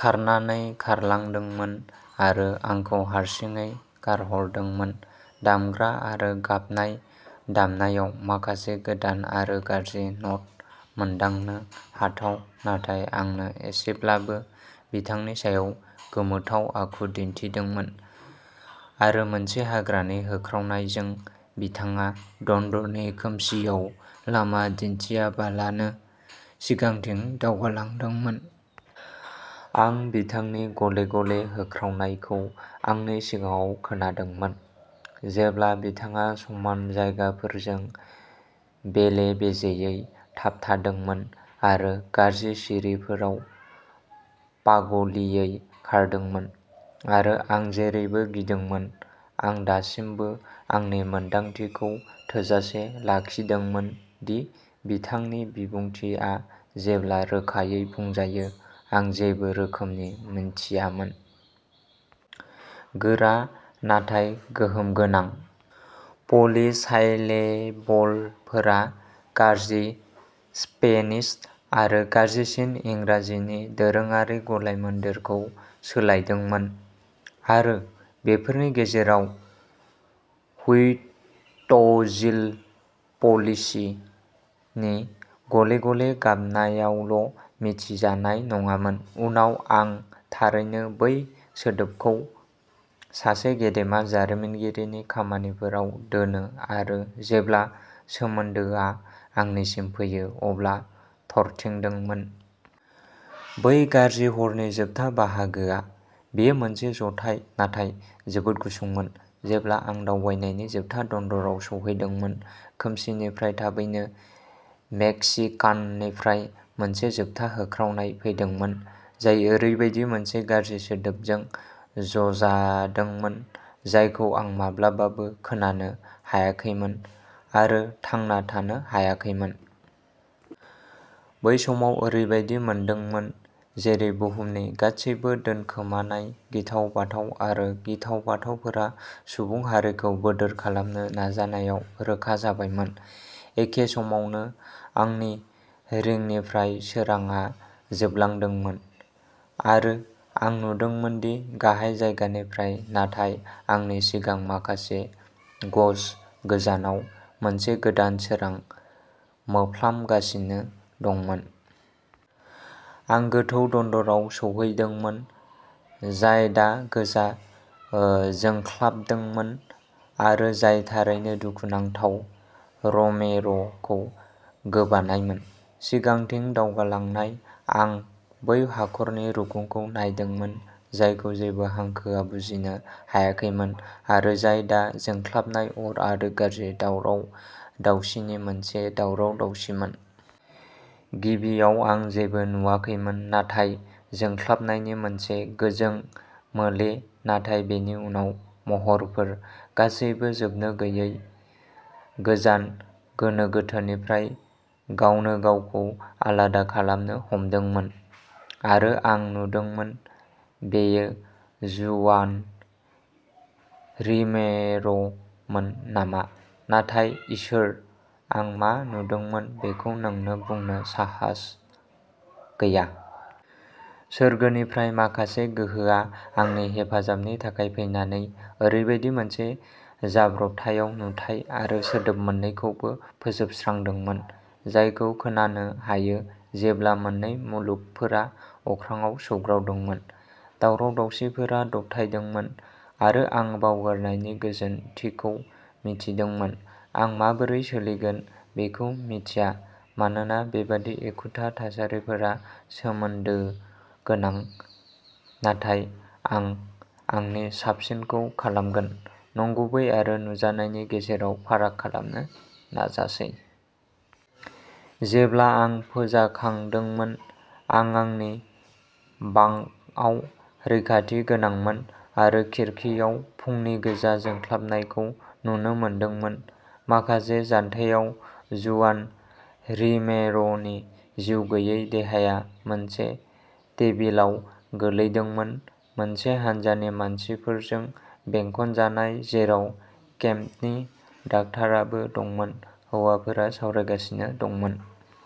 खारनानै खारलांदोंमोन आरो आंखौ हारसिङै गारहरदोंमोन। दामग्रा आरो गाबनाय दामनायाव माखासे गोदान आरो गाज्रि न'ट, मोनदांनो हाथाव नाथाय आंनो एसेब्लाबो, बिथांनि सायाव गोमोथाव आखु दिन्थिदोंमोन; आरो मोनसे हाग्रानि होख्रावनायजों बिथाङा दन्दरनि खोमसिआव लामा दिन्थियालाबानो सिगांथिं दावगालांदोंमोन। आं बिथांनि गले-गले होख्रावनायखौ आंनि सिगाङाव खोनादोंमोन, जेब्ला बिथाङा समान जायगाफोरजों बेले-बेजेयै थाबथादोंमोन आरो गाज्रि सिरिफोराव पागलियै खारदोंमोन। आरो आं जेरैबो गिदोंमोन, आं दासिमबो आंनि मोनदांथिखौ थोजासे लाखिदोंमोन दि बिथांनि बिबुंथिआ, जेब्ला रोखायै बुंजायो, आं जेबो रोखोमनि मिथियामोन। गोरा नाथाय गोहोमगोनां पलिसाइलेबलफोरा गाज्रि स्पेनिश आरो गाज्रिसिन इंराजिनि दोरोङारि गलायमोन्देरखौ सोलायदोंमोन, आरो बेफोरनि गेजेराव, "हुइटजिल'प'च्लि" नि गले-गले गाबनायाल'मिथिजानाय नङामोन। उनाव आं थारैनो बै सोदोबखौ सासे गेदेमा जारिमिनगिरिनि खामानिफोराव दोनो-आरो जेब्ला सोमोन्दोआ आंनिसिम फैयो अब्ला थरथिंदोंमोन। बै गाज्रि हरनि जोबथा बाहागोआ। बेयो मोनसे जथाय नाथाय जोबोद गुसुंमोन, जेब्ला आं दावबायनायनि जोबथा दन्दराव सौहैदोंमोन। खोमसिनिफ्राय थाबैनो मेक्सिकाननिफ्राय मोनसे जोबथा होख्रावनाय फैदोंमोन, जाय ओरैबायदि मोनसे गाज्रि सोदोबजों ज'जादोंमोन जायखौ आं माब्लाबाबो खोनानो हायाखैमोन आरो थांना थानो हायाखैमोन। बै समाव ओरैबायदि मोनदोंमोन जेरै बुहुमनि गासैबो दोनखोमानाय गिथाव-बाथाव आरो गिथाव-बाथावफोरा सुबुं हारिखौ बोदोर खालामनो नाजानायाव रोखा जाबायमोन। एखे समावनो आंनि रिंनिफ्राय सोरांआ जोबलांदोंमोन, आरो आं नुदोंमोन दि गाहाय जायगानिफ्राय नाथाय आंनि सिगां माखासे गज गोजानाव मोनसे गोदान सोरां मोफ्लांगासिनो दंमोन। आं गोथौ दन्दराव सौहैदोंमोन, जाय दा गोजा ओ जोंख्लाबदोंमोन, आरो जाय थारैनो दुखुनांथाव र'मेर'खौ गोबानायमोन। सिगांथिं दावगालांनाय, आं बै हाखरनि रुगुंखौ नायदोंमोन जायखौ जेबो हांखोआ बुजिनो हायाखैमोन, आरो जाय दा जोंख्लाबनाय अर आरो गाज्रि दावराव-दावसिनि मोनसे दावराव-दावसिमोन। गिबियाव आं जेबो नुवाखैमोन नाथाय जोंख्लाबनायनि मोनसे गोजों मोले; नाथाय बेनि उनाव महरफोर, गासैबो जोबनो गैयै गोजान, गोनो-गोथोनिफ्राय गावनोगावखौ आलादा खालामनो हमदोंमोन, आरो आं नुदोंमोन-बेयो जुआन रोमेर'मोन नामा?-नाथाय इसोर! आं मा नुदोंमोन बेखौ नोंनो बुंनो साहास गैया!... सोरगोनिफ्राय माखासे गोहोआ, आंनि हेफाजाबनि थाखाय फैनानै, ओरैबायदि मोनसे जाब्रबथायाव नुथाय आरो सोदोब मोन्नैखौबो फोजोबस्रांदोंमोन जायखौ खोनानो हायो जेब्ला मोननै मुलुगफोरा अख्राङाव सौग्रावदोंमोन। दावराव-दावसिफोरा दबथायदोंमोन, आरो आं बावगारनायनि गोजोनथिखौ मिथिदोंमोन। आं माबोरै सोलिगोन बेखौ मिन्थिया, मानोना बेबादि एखुथा थासारिफोरा सोमोन्दोगोनां; नाथाय आं आंनि साबसिनखौ खालामगोन, नंगुबै आरो नुजानायनि गेजेराव फाराग खालामनो नाजासै। जेब्ला आं फोजाखांदोंमोन, आं आंनि बांकआव रैखाथि गोनांमोन आरो खिरखिआव फुंनि गोजा जोंख्लाबनायखौ नुनो मोनदोंमोन। माखासे जानथायाव जुआन रिमेर'नि जिउगैयै देहाया मोनसे टेबोलाव गोलैदोंमोन, मोनसे हान्जानि मानसिफोरजों बेंखनजानाय, जेराव केम्पनि डाक्टाराबो दंमोन। हौवाफोरा सावरायगासिनो दंमोन